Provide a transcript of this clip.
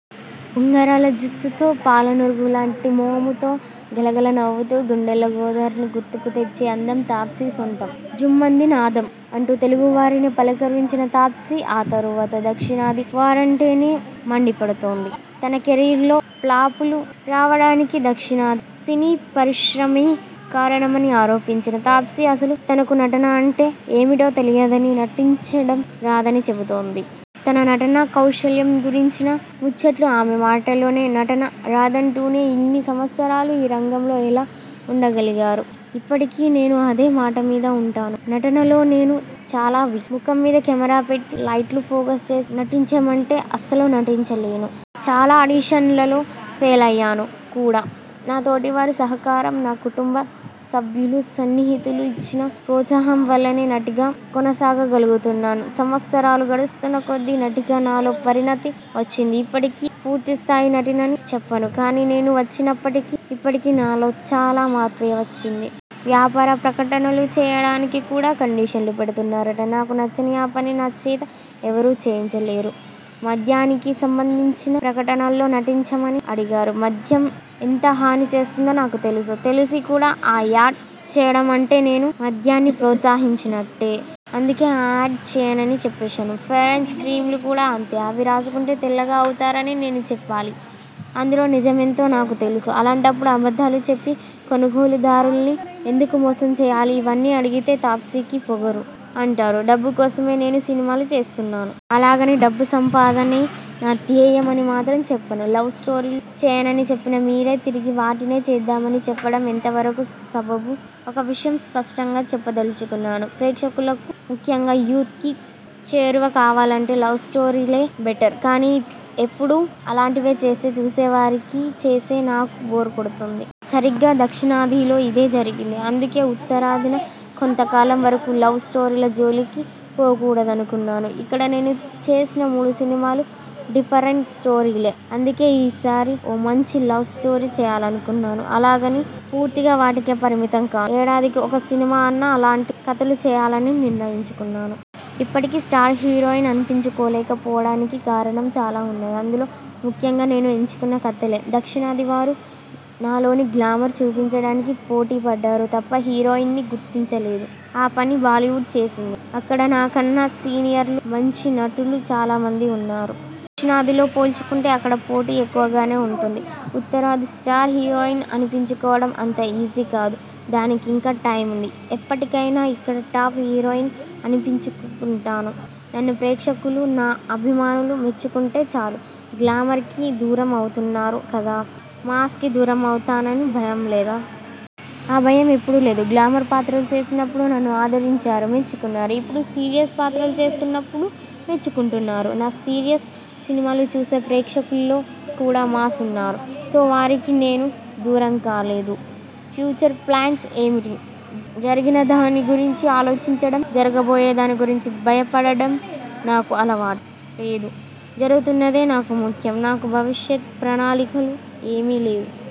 ఉంగరాల జుత్తుతో, పాలనురుగులాంటి మోముతో గలగల నవ్వుతూ 'గుండెల్లో గోదారి'ని గుర్తుకు తెచ్చే అందం తాప్సీ సొంతం. 'ఝుమ్మంది నాదం' అంటూ తెలుగు వారిని పలకరించిన తాప్సీ ఆ తరువాత దక్షిణాది వారంటేనే మండిపడుతోంది. తన కెరీర్లో ఫ్లాపులు రావడానికి దక్షిణాది సినీ పరిశ్రమే కారణమని ఆరోపించిన తాప్సీ అసలు తనకు నటన అంటే ఏమిటో తెలియదనీ, నటించడం రాదనీ చెబుతోంది. తన నటనాకౌశల్యం గురించిన ముచ్చట్లు ఆమె మాటల్లోనే. నటన రాదంటూనే ఇన్ని సంవత్సరాలు ఈ రంగంలో ఎలా ఉండగలిగారు? ఇప్పటికీ నేను అదే మాటమీద ఉంటాను. నటనలో నేను చాలా వీక్. ముఖం మీద కెమెరా పెట్టి లైట్లు ఫోకస్ చేసి నటించమంటే అస్సలు నటించలేను. చాలా ఆడిషన్లలో ఫెలయ్యాను కూడా, నా తోటి వారి సహకారం, నా కుటుంబ సభ్యులు, సన్నిహితులు ఇచ్చిన ప్రోత్సాహం వల్లనే నటిగా కొనసాగగలుగుతున్నాను. సంవత్సరాలు గడుస్తున్న కొద్దీ నటిగా నాలో పరిణతి వచ్చింది. ఇప్పటికీ పూర్తిస్థాయి నటినని చెప్పను కానీ, నేను వచ్చినప్పటికీ ఇప్పటికీ నాలో చాలా మార్పే వచ్చింది. వ్యాపార ప్రకటనలు చేయడానికి కూడా కండిషన్లు పెడుతున్నారట? నాకు నచ్చని ఆ పని నా చేత ఎవరూ చేయించలేరు మద్యానికి సంబంధించిన ప్రకటనల్లో నటించమని అడిగారు. మద్యం ఎంత హాని చేస్తుందో నాకు తెలుసు. తెలిసి కూడా ఆ యాడ్ చేయడం అంటే నేను మద్యాన్ని ప్రోత్సహించినట్టే. అందుకే ఆ యాడ్ చేయనని చెప్పేశాను. ఫెయిర్నెస్ క్రీంలు కూడా అంతే, అవి రాసుకుంటే తెల్లగా అవుతారని నేను చెప్పాలి. అందులో నిజమెంతో నాకు తెలుసు. అలాంటప్పడు అబద్ధాలు చెప్పి కొనుగోలుదారుల్ని ఎందుకు మోసం చేయాలి? ఇవన్నీ అడిగితే తాప్సీకి పొగరు అంటారు. డబ్బు కోసమే నేను సినిమాలు చేస్తున్నాను. అలాగని డబ్బు సంపాదనే నా ధ్యేయం అని మాత్రం చెప్పను. లవ్ స్టోరీలు చేయనని చెప్పిన మీరే తిరిగి వాటినే చేద్దామని చెప్పడం ఎంత వరకు సబబు? ఒక విషయం స్పష్టంగా చెప్పదలుచుకున్నాను. ప్రేక్షకులకు ముఖ్యంగా యూత్ కి చేరువ కావాలంటే లవ్ స్టోరీలే బెటర్, కానీ ఎప్పుడూ అలాంటివే చేస్తే చూసేవారికీ, చేసే నాకూ బోర్ కొడుతుంది. సరిగ్గా దక్షిణాదిలో ఇదే జరిగింది. అందుకే ఉత్తరాదిన కొంత కాలం వరకూ లవ్ స్టోరీల జోలికి పోకూడదనుకున్నాను. ఇక్కడ నేను చేసిన మూడు సినిమాలు డిఫరెంట్ స్టోరీలే. అందుకే ఈసారి ఓ మంచి లవ్ స్టోరీ చేయాలనుకున్నాను. అలాగని పూర్తిగా వాటికే పరిమితం కాను. ఏడాదికి ఒక సినిమా అన్నా అలాంటి కథలు చేయాలని నిర్ణయించుకున్నాను. ఇప్పటికీ స్టార్ హీరోయిన్ అనిపించుకోలేకపోవడానికి కారణం? చాలా ఉన్నాయి. అందులో ముఖ్యంగా నేను ఎంచుకున్న కథలే, దక్షిణాది వారు నాలోని గ్లామర్ చూపించడానికే పోటీ పడ్డారు తప్ప హీరోయిన్ని గుర్తించలేదు. ఆ పని బాలీవుడ్ చేసింది. అక్కడ నా కన్నా సీనియర్లు, మంచి నటులు చాలామంది ఉన్నారు. దక్షిణాదితో పోల్చుకుంటే అక్కడ పోటీ ఎక్కువగానే ఉంటుంది. ఉత్తరాదిన స్టార్ హీరోయిన్ అనిపించుకోవడం అంత ఈజీ కాదు. దానికి ఇంకా టైముంది. ఎప్పటికైనా ఇక్కడ టాప్ హీరోయిన్ అనిపించుకుంటాను. నన్ను ప్రేక్షకులు, నా అభిమానులు మెచ్చుకుంటే చాలు. గ్లామర్ కి దూరం అవుతున్నారు కదా, మాస్ కి దూరం అవుతానని భయం లేదా? ఆ భయం ఎప్పుడూ లేదు. గ్లామర్ పాత్రలు చేసినప్పుడు నన్ను ఆదరించారు, మెచ్చుకున్నారు. ఇప్పుడు సీరియస్ పాత్రలు చేస్తున్నప్పుడూ మెచ్చుకుంటున్నారు. నా సీరియస్ సినిమాలు చూసే ప్రేక్షకుల్లో కూడా మాస్ ఉన్నారు. సో వారికి నేను దూరం కాలేదు. ఫ్యూచర్ ప్లాన్స్ ఏమిటి? జరిగినదాని గురించి ఆలోచించడం, జరగబోయే దాని గురించి భయపడడం నాకు అలవాటు లేదు. జరుగుతున్నదే నాకు ముఖ్యం. నాకు భవిష్యత్ ప్రణాళికలు ఏమీ లేవు.